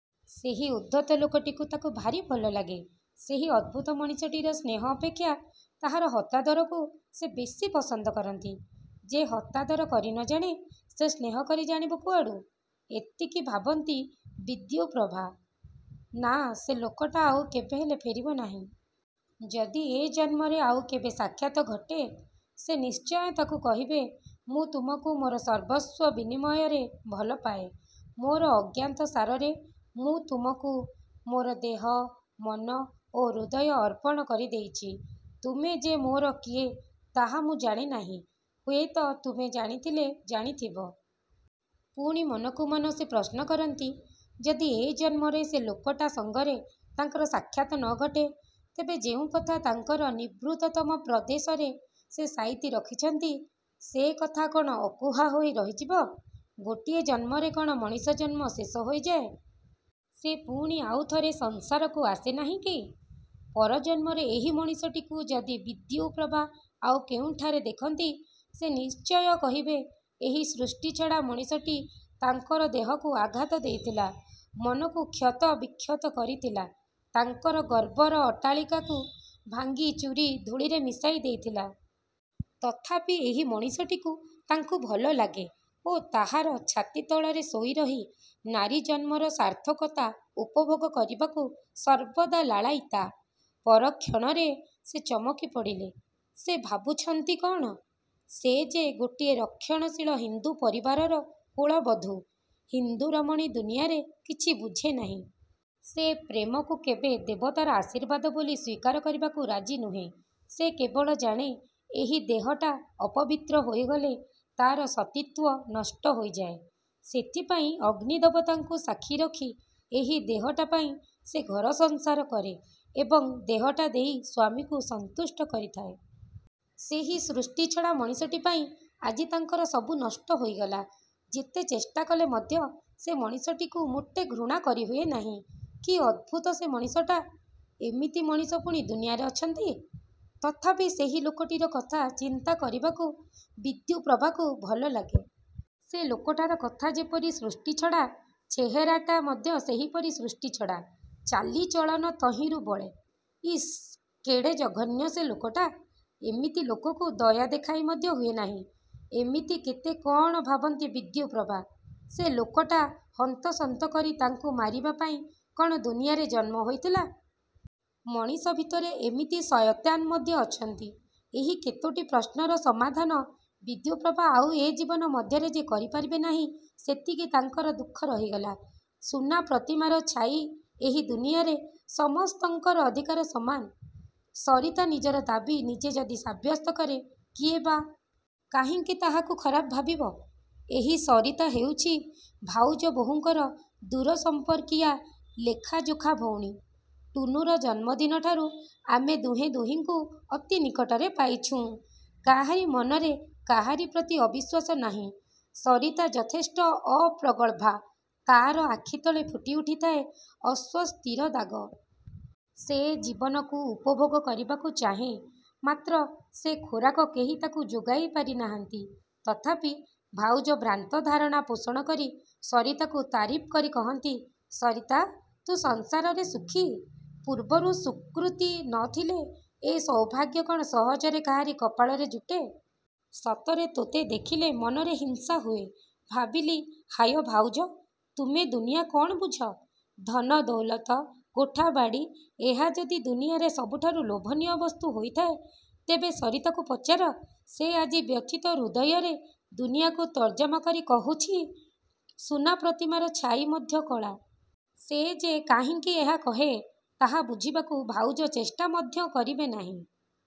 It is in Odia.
ସେହି ଉଦ୍ଧତ ଲୋକଟିକୁ ତାକୁ ଭାରି ଭଲଲାଗେ। ସେହି ଅଦ୍ଭୁତ ମଣିଷଟିର ସ୍ନେହ ଅପେକ୍ଷା ତାହାର ହତାଦରକୁ ସେ ବେଶି ପସନ୍ଦ କରନ୍ତି। ଯେ ହତାଦର କରି ନ ଜାଣେ, ସେ ସ୍ନେହକରି ଜାଣିବ କୁଆଡ଼ୁ? ଏତିକି ଭାବନ୍ତି ବିଦ୍ୟୁପ୍ରଭା। ନା, ସେ ଲୋକଟା ଆଉ କେବେହେଲେ ଫେରିବ ନାହିଁ। ଯଦି ଏ ଜନ୍ମରେ ଆଉ କେବେ ସାକ୍ଷାତ ଘଟେ ସେ ନିଶ୍ଚୟ ତାକୁ କହିବେ, ''ମୁଁ ତୁମକୁ ମୋର ସର୍ବସ୍ୱ ବିନିମୟରେ ଭଲପାଏ। ମୋର ଅଜ୍ଞାତସାରରେ ମୁଁ ତୁମକୁ ମୋର ଦେହ, ମନ ଓ ହୃଦୟ ଅର୍ପଣ କରିଦେଇଛି। ତୁମେ ଯେ ମୋର କିଏ ତାହା ମୁଁ ଜାଣେନାହିଁ, ହୁଏତ ତୁମେ ଜାଣିଥିଲେ ଜାଣିଥିବ। '' ପୁଣି ମନକୁ ମନ ସେ ପ୍ରଶ୍ନ କରନ୍ତି ଯଦି ଏ ଜନ୍ମରେ ସେ ଲୋକଟା ସଙ୍ଗରେ ତାଙ୍କର ସାକ୍ଷାତ ନ ଘଟେ ତେବେ ଯେଉଁକଥା ତାଙ୍କର ନିଭୃତତମ ପ୍ରଦେଶରେ ସେ ସାଇତି ରଖିଛନ୍ତି ସେ କଥା କ'ଣ ଅକୁହା ହୋଇ ରହିଯିବ? ଗୋଟିଏ ଜନ୍ମରେ କ'ଣ ମଣିଷ ଜନ୍ମ ଶେଷ ହୋଇଯାଏ? ସେ ପୁଣି ଆଉଥରେ ସଂସାରକୁ ଆସେ ନାହିଁ କି? ପରଜନ୍ମରେ ଏହି ମଣିଷଟିକୁ ଯଦି ବିଦ୍ୟୁପ୍ରଭା ଆଉ କେଉଁଠାରେ ଦେଖନ୍ତି ସେ ନିଶ୍ଚୟ କହିବେ ଏହି ସୃଷ୍ଟିଛଡ଼ା ମଣିଷଟି ତାଙ୍କର ଦେହକୁ ଆଘାତ ଦେଇଥିଲା। ମନକୁ କ୍ଷତବିକ୍ଷତ କରିଥିଲା। ତାଙ୍କର ଗର୍ବର ଅଟ୍ଟାଳିକାକୁ ଭାଙ୍ଗିଚୂରି ଧୂଳିରେ ମିଶାଇ ଦେଇଥିଲା। ତଥାପି ଏହି ମଣିଷଟିକୁ ତାଙ୍କୁ ଭଲଲାଗେ ଓ ତାହାର ଛାତି ତଳରେ ଶୋଇରହି ନାରୀ ଜନ୍ମର ସାର୍ଥକତା ଉପଭୋଗ କରିବାକୁ ସର୍ବଦା ଲାଳାୟୀତା। ପରକ୍ଷଣରେ ସେ ଚମକି ପଡ଼ିଲେ। ସେ ଭାବୁଛନ୍ତି କ'ଣ? ସେ ଯେ ଗୋଟିଏ ରକ୍ଷଣଶୀଳ ହିନ୍ଦୁ ପରିବାରର କୁଳବଧୂ। ହିନ୍ଦୁରମଣୀ ଦୁନିଆରେ କିଛି ବୁଝେନାହିଁ। ସେ ପ୍ରେମକୁ କେବେ ଦେବତାର ଆଶୀର୍ବାଦ ବୋଲି ସ୍ୱୀକାର କରିବାକୁ ରାଜି ନୁହେଁ। ସେ କେବଳ ଜାଣେ ଏହି ଦେହଟା ଅପବିତ୍ର ହୋଇଗଲେ ତା'ର ସତୀତ୍ୱ ନଷ୍ଟ ହୋଇଯାଏ। ସେଥିପାଇଁ ଅଗ୍ନିଦେବତାଙ୍କୁ ସାକ୍ଷୀ ରଖି ଏହି ଦେହଟା ପାଇଁ ସେ ଘରସଂସାର କରେ ଏବଂ ଦେହଟା ଦେଇ ସ୍ୱାମୀକୁ ସନ୍ତୁଷ୍ଟ କରିଥାଏ। ସେହି ସୃଷ୍ଟିଛଡ଼ା ମଣିଷଟିପାଇଁ ଆଜି ତାଙ୍କର ସବୁ ନଷ୍ଟ ହୋଇଗଲା। ଯେତେ ଚେଷ୍ଟାକଲେ ମଧ୍ୟ ସେ ମଣିଷଟିକୁ ମୋଟେ ଘୃଣା କରିହୁଏ ନାହିଁ। କି ଅଦ୍ଭୁତ ସେ ମଣିଷଟା! ଏମିତି ମଣିଷ ପୁଣି ଦୁନିଆରେ ଅଛନ୍ତି? ତଥାପି ସେହି ଲୋକଟିର କଥା ଚିନ୍ତା କରିବାକୁ ବିଦ୍ୟୁପ୍ରଭାକୁ ଭଲଲାଗେ। ସେ ଲୋକଟାର କଥା ଯେପରି ସୃଷ୍ଟିଛଡ଼ା, ଚେହେରାଟା ମଧ୍ୟ ସେହିପରି ସୃଷ୍ଟିଛଡ଼ା। ଚାଲିଚଳନ ତହିଁରୁ ବଳେ। ଇସ୍, କେଡ଼େ ଜଘନ୍ୟ ସେ ଲୋକଟା। ଏମିତି ଲୋକକୁ ଦୟା ଦେଖାଇ ମଧ୍ୟ ହୁଏ ନାହିଁ। ଏମିତି କେତେ କ'ଣ ଭାବନ୍ତି ବିଦ୍ୟୁପ୍ରଭା। ସେ ଲୋକଟା ହନ୍ତସନ୍ତ କରି ତାଙ୍କୁ ମାରିବା ପାଇଁ କ'ଣ ଦୁନିଆରେ ଜନ୍ମ ହୋଇଥିଲା-? ମଣିଷ ଭିତରେ ଏମିତି ସୟତାନ୍ ମଧ୍ୟ ଅଛନ୍ତି? ଏହି କେତୋଟି ପ୍ରଶ୍ନର ସମାଧାନ ବିଦ୍ୟୁପ୍ରଭା ଆଉ ଏ ଜୀବନ ମଧ୍ୟରେ ଯେ କରିପାରିବେ ନାହିଁ ସେତିକି ତାଙ୍କର ଦୁଃଖ ରହିଗଲା। ସୁନା ପ୍ରତିମାର ଛାଇ ଏହି ଦୁନିଆରେ ସମସ୍ତଙ୍କର ଅଧିକାର ସମାନ। ସରିତା ନିଜର ଦାବି ନିଜେ ଯଦି ସାବ୍ୟସ୍ତ କରେ କିଏ ବା। କାହିଁକି ତାହାକୁ ଖରାପ ଭାବିବ? ଏହି ସରିତା ହେଉଛି ଭାଉଜ ବୋହୂଙ୍କର ଦୂରସମ୍ପର୍କୀୟା ଲେଖାଯୋଖା ଭଉଣୀ। ଟୁନୁର ଜନ୍ମଦିନଠାରୁ ଆମେ ଦୁହେଁ ଦୁହିଁଙ୍କୁ ଅତି ନିକଟରେ ପାଇଛୁଁ। କାହାରି ମନରେ କାହାରି ପ୍ରତି ଅବିଶ୍ୱାସ ନାହିଁ। ସରିତା ଯଥେଷ୍ଟ ଅପ୍ରଗଳ୍ଭା। ତା'ର ଆଖି ତଳେ ଫୁଟି ଉଠିଥାଏ ଅସ୍ୱସ୍ତିର ଦାଗ। ସେ ଜୀବନକୁ ଉପଭୋଗ କରିବାକୁ ଚାହେଁ, ମାତ୍ର ସେ ଖୋରାକ କେହି ତାକୁ ଯୋଗାଇ ପାରିନାହାନ୍ତି। ତଥାପି ଭାଉଜ ଭ୍ରାନ୍ତ ଧାରଣା ପୋଷଣକରି ସରିତାକୁ ତାରିଫ୍ କରି କହନ୍ତି, ''ସରିତା! ତୁ ସଂସାରରେ ସୁଖୀ। ପୂର୍ବରୁ ସୁକୃତି ନ ଥିଲେ ଏ ସୌଭାଗ୍ୟ କ'ଣ ସହଜରେ କାହାରି କପାଳରେ ଯୁଟେ? ସତରେ ତୋତେ ଦେଖିଲେ ମନରେ ହିଂସା ହୁଏ। '' ଭାବିଲି ହାୟ ଭାଉଜ! ତୁମେ ଦୁନିଆ କ'ଣ ବୁଝ? ଧନ, ଦୌଲତ, କୋଠା-ବାଡ଼ି, ଏହା ଯଦି ଦୁନିଆରେ ସବୁଠାରୁ ଲୋଭନୀୟ ବସ୍ତୁ ହୋଇଥାଏ ତେବେ ସରିତାକୁ ପଚାର, ସେ ଆଜି ବ୍ୟଥିତ ହୃଦୟରେ ଦୁନିଆକୁ ତର୍ଜମା କରି କହୁଛି ସୁନା ପ୍ରତିମାର ଛାଇ ମଧ୍ୟ କଳା। ସେ ଯେ କାହିଁକି ଏହା କହେ ତାହା ବୁଝିବାକୁ ଭାଉଜ ଚେଷ୍ଟା ମଧ୍ୟ କରିବେ ନାହିଁ।